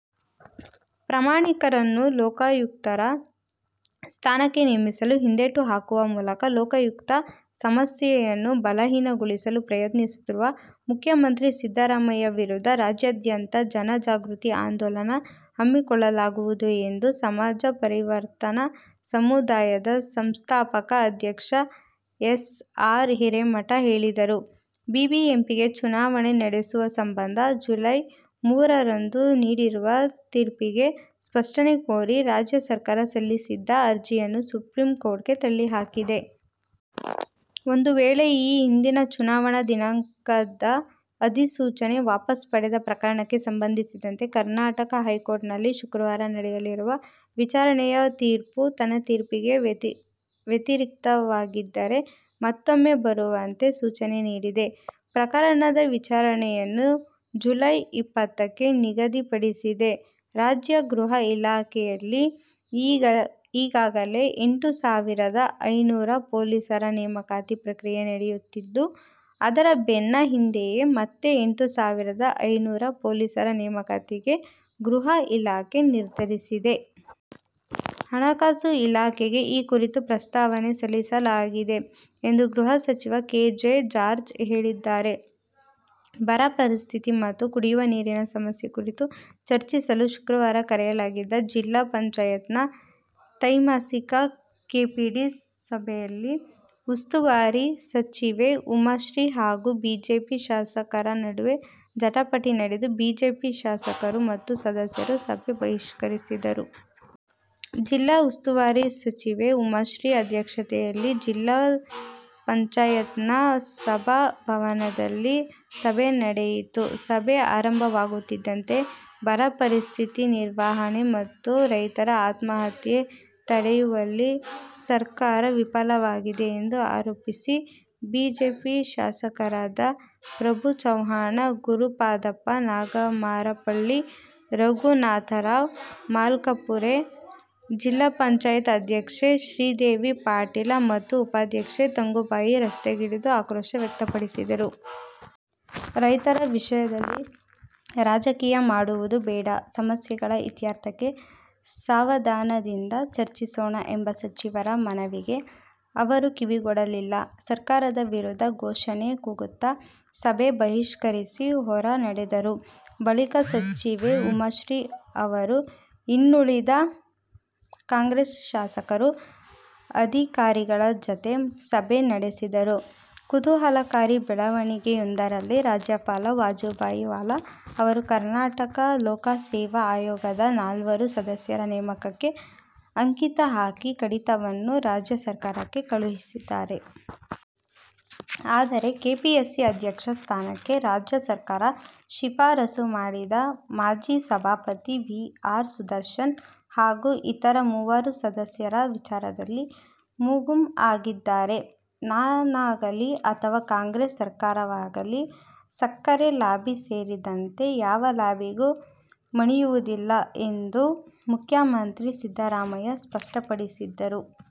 ಪ್ರಾಮಾಣಿಕರನ್ನು ಲೋಕಾಯುಕ್ತರ ಸ್ಥಾನಕ್ಕೆ ನೇಮಿಸಲು ಹಿಂದೇಟು ಹಾಕುವ ಮೂಲಕ ಲೋಕಾಯುಕ್ತ ಸಂಸ್ಥೆಯನ್ನು ಬಲಹೀನಗೊಳಿಸಲು ಯತ್ನಿಸುತ್ತಿರುವ ಮುಖ್ಯಮಂತ್ರಿ ಸಿದ್ದರಾಮಯ್ಯ ವಿರುದ್ಧ ರಾಜ್ಯಾದ್ಯಂತ ಜನಜಾಗೃತಿ ಆಂದೋಲನ ಹಮ್ಮಿಕೊಳ್ಳಲಾಗುವುದು ಎಂದು ಸಮಾಜ ಪರಿವರ್ತನ ಸಮುದಾಯದ ಸಂಸ್ಥಾಪಕ ಅಧ್ಯಕ್ಷ ಎಸ್. ಆರ್. ಹಿರೇಮಠ ಹೇಳಿದರು. ಬಿಬಿಎಂಪಿಗೆ ಚುನಾವಣೆ ನಡೆಸುವ ಸಂಬಂಧ ಜುಲೈ ಮೂರರಂದು ನೀಡಿರುವ ತೀರ್ಪಿಗೆ ಸ್ಪಷ್ಟನೆ ಕೋರಿ ರಾಜ್ಯ ಸರ್ಕಾರ ಸಲ್ಲಿಸಿದ್ದ ಅರ್ಜಿಯನ್ನು ಸುಪ್ರೀಂಕೋರ್ಟ್ ತಳ್ಳಿಹಾಕಿದೆ. ಒಂದು ವೇಳೆ, ಈ ಹಿಂದಿನ ಚುನಾವಣಾ ದಿನಾಂಕದ ಅಧಿಸೂಚನೆ ವಾಪಸ್ ಪಡೆದ ಪ್ರಕರಣಕ್ಕೆ ಸಂಬಂಧಿಸಿದಂತೆ ಕರ್ನಾಟಕ ಹೈಕೋರ್ಟ್ನಲ್ಲಿ ಶುಕ್ರವಾರ ನಡೆಯಲಿರುವ ವಿಚಾರಣೆಯ ತೀರ್ಪು ತನ್ನ ತೀರ್ಪಿಗೆ ವ್ಯತಿರಿಕ್ತವಾಗಿದ್ದರೆ ಮತ್ತೂಮ್ಮೆ ಬರುವಂತೆ ಸೂಚನೆ ನೀಡಿದೆ. ಪ್ರಕರಣದ ವಿಚಾರಣೆಯನ್ನು ಜುಲೈ ಇಪ್ಪತ್ತಕ್ಕೆ ನಿಗದಿಪಡಿಸಿದೆ. ರಾಜ್ಯ ಗೃಹ ಇಲಾಖೆಯಲ್ಲಿ ಈಗಾಗಲೇ ಎಂಟು ಸಾವಿರದ ಐನೂರು ಪೊಲೀಸರ ನೇಮಕಾತಿ ಪ್ರಕ್ರಿಯೆ ನಡೆಯುತ್ತಿದ್ದು, ಇದರ ಬೆನ್ನ ಹಿಂದೆಯೇ ಮತ್ತೆ ಎಂಟು ಸಾವಿರದ ಐನೂರು ಪೊಲೀಸರ ನೇಮಕಾತಿಗೆ ಗೃಹ ಇಲಾಖೆ ನಿರ್ಧರಿಸಿದೆ. ಹಣಕಾಸು ಇಲಾಖೆಗೆ ಈ ಕುರಿತು ಪ್ರಸ್ತಾವನೆ ಸಲ್ಲಿಸಲಾಗಿದೆ ಎಂದು ಗೃಹ ಸಚಿವ ಕೆ. ಜೆ. ಜಾರ್ಜ್ ಹೇಳಿದ್ದಾರೆ. ಬರ ಪರಿಸ್ಥಿತಿ ಮತ್ತು ಕುಡಿಯುವ ನೀರಿನ ಸಮಸ್ಯೆ ಕುರಿತು ಚರ್ಚಿಸಲು ಶುಕ್ರವಾರ ಕರೆಯಲಾಗಿದ್ದ ಜಿಲ್ಲಾ ಪಂಚಾಯತ್ ನ ತ್ತೈಮಾಸಿಕ ಕೆಡಿಪಿ ಸಭೆಯಲ್ಲಿ ಉಸ್ತುವಾರಿ ಸಚಿವೆ ಉಮಾಶ್ರೀ ಹಾಗೂ ಬಿಜೆಪಿ ಶಾಸಕರ ನಡುವೆ ಜಟಾಪಟಿ ನಡೆದು, ಬಿಜೆಪಿ ಶಾಸಕರು ಮತ್ತು ಸದಸ್ಯರು ಸಭೆ ಬಹಿಷ್ಕರಿಸಿದರು. ಜಿಲ್ಲಾ ಉಸ್ತುವಾರಿ ಸಚಿವೆ ಉಮಾಶ್ರೀ ಅಧ್ಯಕ್ಷತೆಯಲ್ಲಿ ಜಿಲ್ಲಾ ಪಂಚಯತ್ ನ ಸಭಾಭವನದಲ್ಲಿ ಸಭೆ ನಡೆಯಿತು. ಸಭೆ ಆರಂಭವಾಗುತ್ತಿದ್ದಂತೆ ಬರ ಪರಿಸ್ಥಿತಿ ನಿರ್ವಹಣೆ ಮತ್ತು ರೈತರ ಆತ್ಮಹತ್ಯೆ ತಡೆಯುವಲ್ಲಿ ಸರ್ಕಾರ ವಿಫಲವಾಗಿದೆ ಎಂದು ಆರೋಪಿಸಿ ಬಿಜೆಪಿ ಶಾಸಕರಾದ ಪ್ರಭು ಚವ್ಹಾಣ, ಗುರುಪಾದಪ್ಪ ನಾಗಮಾರಪಳ್ಳಿ, ರಘುನಾಥರಾವ್ ಮಲ್ಕಾಪುರೆ, ಜಿಲ್ಲಾ ಪಂಚಾಯತ್ ಅಧ್ಯಕ್ಷೆ ಶ್ರೀದೇವಿ ಪಾಟೀಲ ಮತ್ತು ಉಪಾಧ್ಯಕ್ಷೆ ತಂಗುಬಾಯಿ ರಸ್ತೆಗಿಳಿದು ಆಕ್ರೋಶ ವ್ಯಕ್ತಪಡಿಸಿದರು. ರೈತರ ವಿಷಯದಲ್ಲಿ ರಾಜಕೀಯ ಮಾಡುವುದು ಬೇಡ, ಸಮಸ್ಯೆಗಳ ಇತ್ಯರ್ಥಕ್ಕೆ ಸಾವಧಾನದಿಂದ ಚರ್ಚಿಸೋಣ ಎಂಬ ಸಚಿವರ ಮನವಿಗೆ ಅವರು ಕಿವಿಗೊಡಲಿಲ್ಲ. ಸರ್ಕಾರದ ವಿರುದ್ಧ ಘೋಷಣೆ ಕೂಗುತ್ತಾ, ಸಭೆ ಬಹಿಷ್ಕರಿಸಿ, ಹೊರನಡೆದರು. ಬಳಿಕ, ಸಚಿವೆ ಉಮಾಶ್ರೀ ಅವರು, ಇನ್ನುಳಿದ ಕಾಂಗ್ರೆಸ್ ಶಾಸಕರು, ಅಧಿಧಿಕಾರಿಗಳ ಜತೆ ಸಭೆ ನಡೆಸಿದರು. ಕುತೂಹಲಕಾರಿ ಬೆಳವಣಿಗೆಯೋಂದರಲ್ಲಿ ರಾಜ್ಯಪಾಲ ವಜುಭಾಯಿ ವಾಲಾ ಅವರು ಕರ್ನಾಟಕ ಲೋಕಸೇವಾ ಆಯೋಗದ ನಾಲ್ವರು ಸದಸ್ಯರ ನೇಮಕಕ್ಕೆ ಅಂಕಿತ ಹಾಕಿ ಕಡತವನ್ನು ರಾಜ್ಯ ಸರ್ಕಾರಕ್ಕೆ ಕಳುಹಿಸಿದ್ದಾರೆ. ಆದರೆ, ಕೆಪಿಎಸ್ಸಿ ಅಧ್ಯಕ್ಷ ಸ್ಥಾನಕ್ಕೆ ರಾಜ್ಯ ಸರ್ಕಾರ ಶಿಫಾರಸು ಮಾಡಿದ್ದ ಮಾಜಿ ಸಭಾಪತಿ ವಿ. ಆರ್. ಸುದರ್ಶನ್ ಹಾಗೂ ಇತರ ಮೂವರು ಸದಸ್ಯರ ವಿಚಾರದಲ್ಲಿ ಮುಗುಂ ಆಗಿದ್ದಾರೆ. ನಾನಾಗಲಿ ಅಥವಾ ಕಾಂಗ್ರೆಸ್ ಸರ್ಕಾರವಾಗಲಿ ಸಕ್ಕರೆ ಲಾಬಿ ಸೇರಿದಂತೆ ಯಾವ ಲಾಬಿಗೂ ಮಣಿಯುವುದಿಲ್ಲ ಎಂದು ಮುಖ್ಯಮಂತ್ರಿ ಸಿದ್ದರಾಮಯ್ಯ ಸ್ಪಷ್ಟಪಡಿಸಿದರು.